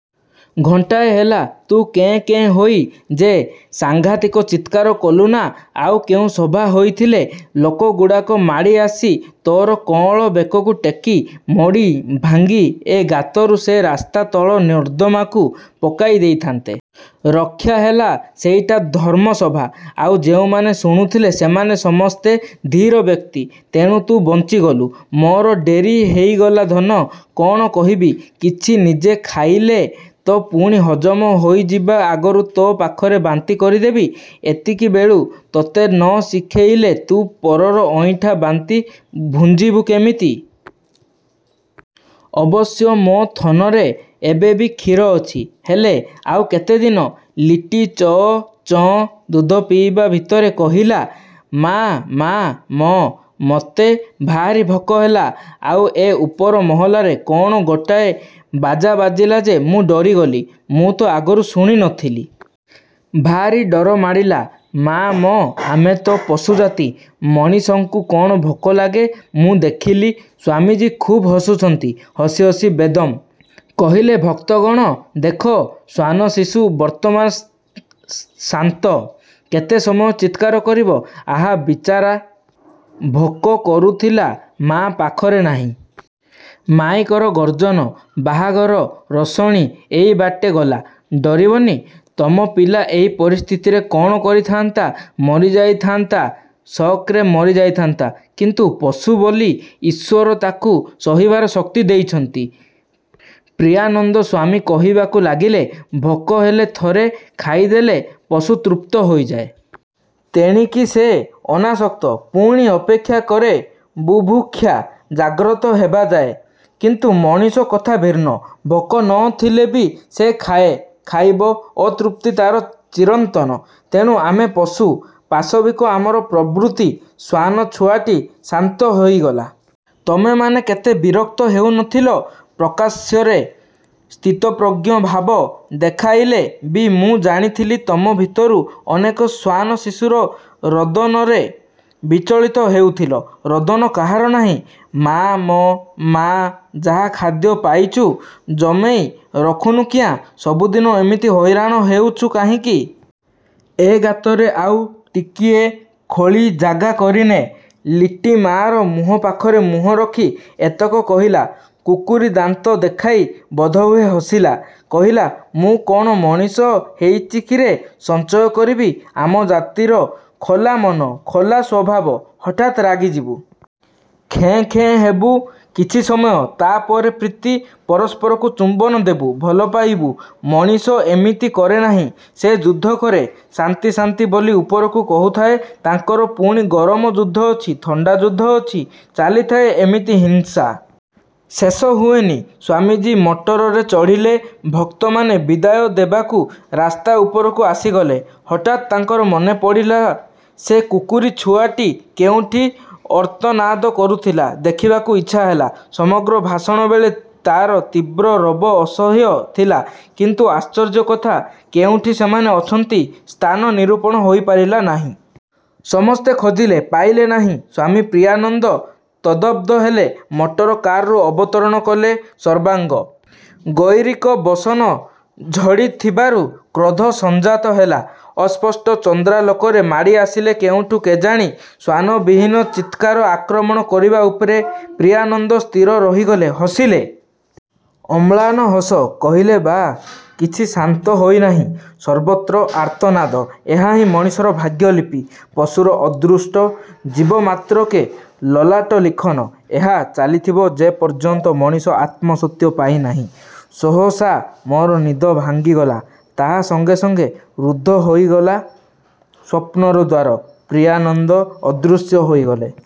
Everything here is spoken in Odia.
ଘଣ୍ଟାଏ ହେଲା, ତୁ କେଁ କେଁ ହୋଇ ଯେ ସାଂଘାତିକ ଚିତ୍କାର କଲୁ ନା, ଆଉ କେଉଁ ସଭା ହୋଇଥିଲେ, ଲୋକ ଗୁଡ଼ାକ ମାଡ଼ି ଆସି ତୋର କଅଁଳ ବେକକୁ ଟେକି ମୋଡ଼ି ଭାଙ୍ଗି ଏ ଗାତରୁ ସେ ରାସ୍ତା ତଳ ନର୍ଦ୍ଦମାକୁ ପକାଇ ଦେଇଥାନ୍ତେ। ରକ୍ଷାହେଲା, ସେଇଟା ଧର୍ମସଭା। ଆଉ ଯେଉଁମାନେ ଶୁଣୁଥିଲେ, ସେମାନେ ସମସ୍ତେ ଧୀର ବ୍ୟକ୍ତି। ତେଣୁ ତୁ ବଞ୍ଚିଗଲୁ। ମୋର ଡେରି ହେଇଗଲା ଧନ! କଅଣ କହିବି? କିଛି ନିଜେ ଖାଇଲେ ତ ପୁଣି ହଜମ ହୋଇଯିବା ଆଗରୁ ତୋ ପାଖରେ ବାନ୍ତି କରିଦେବି। ଏତିକିବେଳୁ ତତେ ନ ଶିଖେଇଲେ ତୁ ପରର ଅଇଁଠା, ବାନ୍ତି ଭୁଞ୍ଜିବୁ କେମିତି? ଅବଶ୍ୟ ମୋ ଥନରେ ଏବେ ବି କ୍ଷୀର ଅଛି, ହେଲେ ଆଉ କେତେ ଦିନ? ଲିଟି ଚଅ ଚଅଁ ଦୁଧ ପିଇବା ଭିତରେ କହିଲା-ମାଆ, ମାଆ ମ, ମତେ ଭାରି ଭୋକ ହେଲା। ଆଉ ଏ ଉପର ମହଲାରେ କଣ ଗୋଟାଏ ବାଜାବାଜିଲା ଯେ ମୁଁ ଡରିଗଲି-ମୁଁ ତ ଆଗରୁ ଶୁଣି ନଥିଲି। ଭାରି ଡରମାଡ଼ିଲା। ମାଆ ମ, ଆମେ ତ ପଶୁଜାତି-ମଣିଷଙ୍କୁ କଣ ଭୋକ ଲାଗେ? ମୁଁ ଦେଖିଲି ସ୍ଵାମିଜୀ ଖୁବ୍ ହସୁଛନ୍ତି। ହସି ହସି ବେଦମ୍। କହିଲେ-ଭକ୍ତଗଣ! ଦେଖ, ଶ୍ଵାନଶିଶୁ ବର୍ତ୍ତମାନ ଶାନ୍ତ। କେତେ ସମୟ ଚିତ୍କାର କରିବ? ଆହା ବିଚାରା! ଭୋକ କରୁଥିଲା, ମାଆ ପାଖରେ ନାହିଁ। ମାଇକର ଗର୍ଜନ। ବାହାଘର ରୋଷଣି ଏଇ ବାଟେ ଗଲା। ଡରିବନି? ତମ ପିଲା ଏଇ ପରିସ୍ଥିତିରେ କଅଣ କରିଥାନ୍ତା? ମରିଯାଇଥାନ୍ତା, ସକ୍ ରେ ମରିଯାଇଥାନ୍ତା; କିନ୍ତୁ ପଶୁ ବୋଲି ଈଶ୍ଵର ତାକୁ ସହିବାର ଶକ୍ତି ଦେଇଛନ୍ତି। ପ୍ରିୟାନନ୍ଦ ସ୍ଵାମୀ କହିବାକୁ ଲାଗିଲେ-ଭୋକ ହେଲେ ଥରେ ଖାଇଦେଲେ ପଶୁ ତୃପ୍ତ ହୋଇଯାଏ। ତେଣିକି ସେ ଅନାସକ୍ତ। ପୁଣି ଅପେକ୍ଷା କରେ ବୁଭୁକ୍ଷା ଜାଗ୍ରତ ହେବାଯାଏ; କିନ୍ତୁ ମଣିଷ କଥା ଭିନ୍ନ। ଭୋକ ନ ଥିଲେ ବି ସେ ଖାଏ, ଖାଇବ, ଅତୃପ୍ତି ତାର ଚିରନ୍ତନ। ତେଣୁ ଆମେ ପଶୁ, ପାଶବିକ ଆମର ପ୍ରବୃତ୍ତି। ଶ୍ଵାନ ଛୁଆଟି ଶାନ୍ତ ହୋଇଗଲା। ତମେମାନେ କେତେ ବିରକ୍ତ ହେଉନଥିଲ? ପ୍ରକାଶ୍ୟରେ ସ୍ଥିତପ୍ରଜ୍ଞ ଭାବ ଦେଖାଇଲେ ବି ମୁଁ ଜାଣିଥିଲି ତମ ଭିତରୁ ଅନେକ ଶ୍ଵାନଶିଶୁର ରୋଦନରେ ବିଚଳିତ ହେଉଥିଲ। ରୋଦନ କାହାର ନାହିଁ? -ମାଆ ମ, ମାଆ, ଯାହା ଖାଦ୍ୟ ପାଇଛୁ, ଜମେଇ ରଖୁନୁ କିଆଁ? ସବୁଦିନ ଏମିତି ହଇରାଣ ହେଉଛୁ କହିଁକି? ଏ ଗାତରେ ଆଉ ଟିକିଏ ଖୋଳି ଜାଗା କରିନେ-। ଲିଟି ମାଆର ମୁହଁ ପାଖରେ ମୁହଁ ରଖି ଏତକ କହିଲା-କୁକୁରୀ ଦାନ୍ତ ଦେଖାଇ ବୋଧହୁଏ ହସିଲା। କହିଲା-ମୁଁ କଅଣ ମଣିଷ ହେଇଚି କିରେ! ସଞ୍ଚୟ କରିବି? ଆମ ଜାତିର ଖୋଲା ମନ, ଖୋଲା ସ୍ଵଭାବ। ହଠାତ୍ ରାଗିଯିବୁ ଖେଁ ଖେଁ ହେବୁ କିଛି ସମୟ, ତା ପରେ ପ୍ରୀତି, ପରସ୍ପରକୁ ଚୁମ୍ବନ ଦେବୁ। ଭଲ ପାଇବୁ। ମଣିଷ ଏମିତି କରେନାହିଁ। ସେ ଯୁଦ୍ଧ କରେ। ଶାନ୍ତି ଶାନ୍ତି ବୋଲି ଉପରକୁ କହୁଥାଏ। ତାଙ୍କର ପୁଣି ଗରମ ଯୁଦ୍ଧ ଅଛି, ଥଣ୍ଡା ଯୁଦ୍ଧ ଅଛି। ଚାଲିଥାଏ ଏମିତି ହିଂସା ଶେଷ ହୁଏନି। ସ୍ଵାମିଜୀ ମଟରରେ ଚଢ଼ିଲେ। ଭକ୍ତମାନେ ବିଦାୟ ଦେବାକୁ ରାସ୍ତା ଉପରକୁ ଆସିଗଲେ। ହଠାତ୍ ତାଙ୍କର ମନେପଡ଼ିଲା, ସେ କୁକୁରୀ ଛୁଆଟି କେଉଁଠି ଆର୍ତ୍ତନାଦ କରୁଥିଲା। ଦେଖିବାକୁ ଇଚ୍ଛାହେଲା। ସମଗ୍ର ଭାଷଣବେଳେ ତାର ତୀବ୍ର ରବ ଅସହ୍ୟ ଥିଲା। କିନ୍ତୁ ଆଶ୍ଚର୍ଯ୍ୟ କଥା, କେଉଁଠି ସେମାନେ ଅଛନ୍ତି, ସ୍ଥାନ ନିରୂପଣ ହୋଇପାରିଲାନାହିଁ। ସମସ୍ତେ ଖୋଜିଲେ ପାଇଲେ ନାହିଁ। ସ୍ଵାମୀ ପ୍ରିୟାନନ୍ଦ ତଦ୍ଗତ ହେଲେ। ମଟରକାରରୁ ଅବତରଣ କଲେ। ସର୍ବାଙ୍ଗ। ଗୈରିକ ବସନ ଜଡ଼ିଥିବାରୁ କ୍ରୋଧ ସଂଜାତ ହେଲା। ଅସ୍ପଷ୍ଟ ଚନ୍ଦ୍ରାଲୋକରେ ମାଡ଼ି ଆସିଲେ କେଉଁଠୁ କେଜାଣି ଶ୍ଵାନବାହିନୀ ଚିତ୍କାର, ଆକ୍ରମଣ କରିବା ଉପରେ ପ୍ରିୟାନନ୍ଦ ସ୍ଥିର ରହିଗଲେ। ହସିଲେ ଅମ୍ଳାନ ହସ। କହିଲେ-ବାଃ, କିଛି ଶାନ୍ତ ହୋଇନାହିଁ। ସର୍ବତ୍ର ଆର୍ତ୍ତନାଦ ଏହାହିଁ ମଣିଷର ଭାଗ୍ୟଲିପି, ପଶୁର ଅଦୃଷ୍ଟ, ଜୀବମାତ୍ରକେ ଲଲାଟଲିଖନ। ଏହା ଚାଲିଥିବ ଯେପର୍ଯ୍ୟନ୍ତ ମଣିଷ ଆତ୍ମସତ୍ୟ ପାଇନାହିଁ। ସହସା ମୋର ନିଦ ଭାଙ୍ଗିଗଲା, ତାହା ସଙ୍ଗେ ସଙ୍ଗେ ରୁଦ୍ଧ ହୋଇଗଲା ସ୍ଵପ୍ନର ଦ୍ଵାର। ପ୍ରିୟାନନ୍ଦ ଅଦୃଶ୍ୟ ହୋଇଗଲେ।